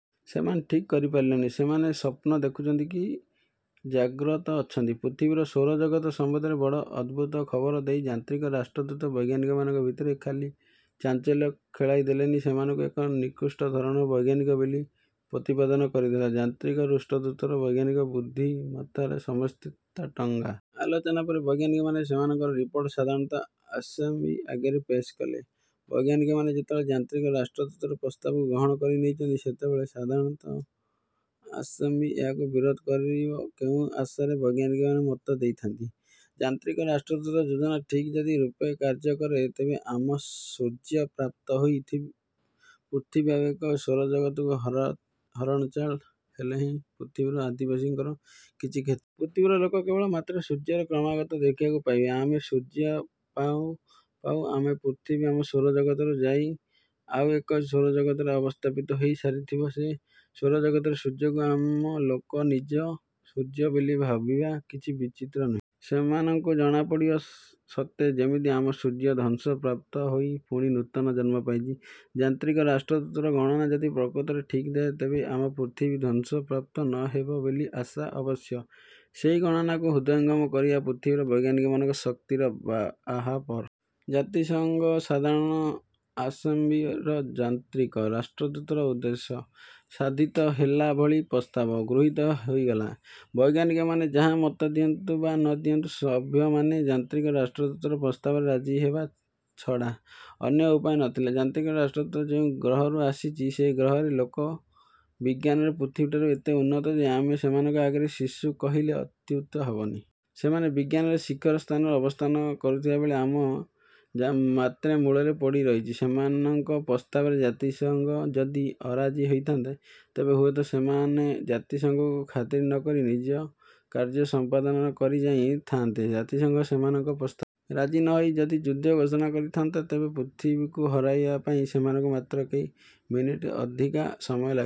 ସେମାନେ ଠିକ୍ କରିପାରିଲେନି, ସେମାନେ ସ୍ୱପ୍ନ ଦେଖୁଛନ୍ତି କି ଜାଗ୍ରତ ଅଛନ୍ତି! ପୃଥିବୀର ସୌରଜଗତ ସମ୍ବନ୍ଧରେ ବଡ଼ ଅଦ୍ଭୁତ ଖବର ଦେଇ ଯାନ୍ତ୍ରିକ ରାଷ୍ଟ୍ରଦୂତ ବୈଜ୍ଞାନିକମାନଙ୍କ ଭିତରେ ଖାଲି ଚାଞ୍ଚଲ୍ୟ ଖେଳାଇଦେଲାନି, ସେମାନଙ୍କୁ ଏକ ନିକୃଷ୍ଟ ଧରଣର ବୈଜ୍ଞାନିକ ବୋଲି ପ୍ରତିପାଦନ କରିଦେଲା। ଯାନ୍ତ୍ରିକ ରାଷ୍ଟ୍ରଦୂତର ବୈଜ୍ଞାନିକ ବୃଦ୍ଧିମତ୍ତାରେ ସମସ୍ତେ ତାଟଙ୍ଗା। ଆଲୋଚନା ପରେ ବୈଜ୍ଞାନିକମାନେ ସେମାନଙ୍କ ରିପୋର୍ଟ ସାଧାରଣ ଆସେମ୍ବ୍ଲି ଆଗରେ ପେଶ୍ କଲେ। ବୈଜ୍ଞାନିକମାନେ ଯେତେବେଳେ ଯାନ୍ତ୍ରିକ ରାଷ୍ଟ୍ରଦୂତର ପ୍ରସ୍ତାବକୁ ଗ୍ରହଣ କରି ନେଇଛନ୍ତି, ସେତେବେଳେ ସାଧାରଣ ଆସେମ୍ବ୍ଲି ଏହାକୁ ବିରୋଧ କରିବ କେଉଁ ଆଶାରେ! ବୈଜ୍ଞାନିକମାନେ ମତ ଦେଇଥାନ୍ତି, ଯାନ୍ତ୍ରିକ ରାଷ୍ଟ୍ରଦୂତର ଯୋଜନା ଠିକ୍ ଯଦି ରୂପେ କାର୍ଯ୍ୟ କରେ, ତେବେ ଆମ ସୂର୍ଯ୍ୟ ପ୍ରାପ୍ତ ହୋଇ ପୃଥିବୀ ଆଉ ଏକ ସୌରଜଗତକୁ ହରଣଚାଳ ହେଲେହେଁ ପୃଥିବୀ ଅଧିବାସୀଙ୍କର କିଛି କ୍ଷତି ହେବନି। ପୃଥିବୀର ଲୋକେ କେବଳ ମାତ୍ର ସୂର୍ଯ୍ୟର କ୍ରମାଗତ ଦେଖିବାକୁ ପାଇବେ। ଆମ ସୂର୍ଯ୍ୟ ପାଉଁ ପାଉଁ ଆମ ପୃଥିବୀ ଆମ ସୌରଜଗତରୁ ଯାଇ ଆଉ ଏକ ସୌରଜଗତରେ ଅବସ୍ଥାପିତ ହୋଇ ସାରିଥିବ। ସେ ସୌରଜଗତର ସୂର୍ଯ୍ୟକୁ ଆମ ଲୋକେ ନିଜ ସୂର୍ଯ୍ୟ ବୋଲି ଭାବିବା କିଛି ବିଚିତ୍ର ନୁହେଁ। ସେମାନଙ୍କୁ ଜଣାପଡ଼ିବ ସତେ ଯେମିତି ଆମ ସୂର୍ଯ୍ୟ ଧ୍ୱଂସ ପ୍ରାପ୍ତ ହୋଇ ପୁଣି ନୂତନ ଜନ୍ମ ପାଇଛି। ଯାନ୍ତ୍ରିକ ରାଷ୍ଟ୍ରଦୂତର ଗଣନା ଯଦି ପ୍ରକୃତରେ ଠିକ୍ ଥାଏ ତେବେ ଆମ ପୃଥିବୀ ଧ୍ୱଂସ ପ୍ରାପ୍ତ ନ ହେବ ବୋଲି ଆଶା। ଅବଶ୍ୟ ସେହି ଗଣନାକୁ ହୃଦୟଙ୍ଗମ କରିବା ପୃଥିବୀର ବୈଜ୍ଞାନିକମାନଙ୍କ ଶକ୍ତିର ଆହାପର। ଜାତିସଂଘ ସାଧାରଣ ଆସେମ୍ବ୍ଲିରେ ଯାନ୍ତ୍ରିକ ରାଷ୍ଟ୍ରଦୂତର ଉଦ୍ଦେଶ୍ୟ ସାଧିତ ହେଲାଭଳି ପ୍ରସ୍ତାବ ଗୃହୀତ ହୋଇଗଲା। ବୈଜ୍ଞାନିକମାନେ ଯାହା ମତ ଦିଅନ୍ତୁ ବା ନ ଦିଅନ୍ତୁ ସଭ୍ୟମାନେ ଯାନ୍ତ୍ରିକ ରାଷ୍ଟ୍ରଦୂତର ପ୍ରସ୍ତାବରେ ରାଜି ହେବା ଛଡ଼ା। ଅନ୍ୟ ଉପାୟ ନ ଥିଲା। ଯାନ୍ତ୍ରିକ ରାଷ୍ଟ୍ରଦୂତ ଯେଉଁ ଗ୍ରହରୁ ଆସିଛି, ସେ ଗ୍ରହର ଲୋକେ ବିଜ୍ଞାନରେ ପୃଥିବୀଠାରୁ ଏତେ ଉନ୍ନତ ଯେ ଆମେ ସେମାନଙ୍କ ଆଗରେ ଶିଶୁ କହିଲେ ଅତ୍ୟୁକ୍ତି ହେବନି। ସେମାନେ ବିଜ୍ଞାନରେ ଶିଖର ସ୍ଥାନରେ ଅବସ୍ଥାନ କରୁଥିଲାବେଳେ ଆମ ମାତ୍ର ମୂଳରେ ପଡ଼ି ରହିଛି। ସେମାନଙ୍କ ପ୍ରସ୍ତାବରେ ଜାତିସଂଘ ଯଦି ଅରାଜି ହୋଇଥାନ୍ତା ତେବେ ହୁଏତ ସେମାନେ ଜାତିସଂଘକୁ ଖାତିର ନ କରି ନିଜ କାର୍ଯ୍ୟ ସଂପାଦନ କରି ଯାଇ ଥାଆନ୍ତେ। ଜାତିସଂଘ ସେମାନଙ୍କ ପ୍ରସ୍ତାବରେ ରାଜି ନ ହୋଇ ଯଦି ଯୁଦ୍ଧ ଘୋଷଣା କରିଥାନ୍ତା ତେବେ ପୃଥିବୀକୁ ହରାଇବା ପାଇଁ ସେମାନଙ୍କୁ ମାତ୍ର କେଇ ମିନିଟ୍ରୁ ଅଧିକା ସମୟ ଲାଗି।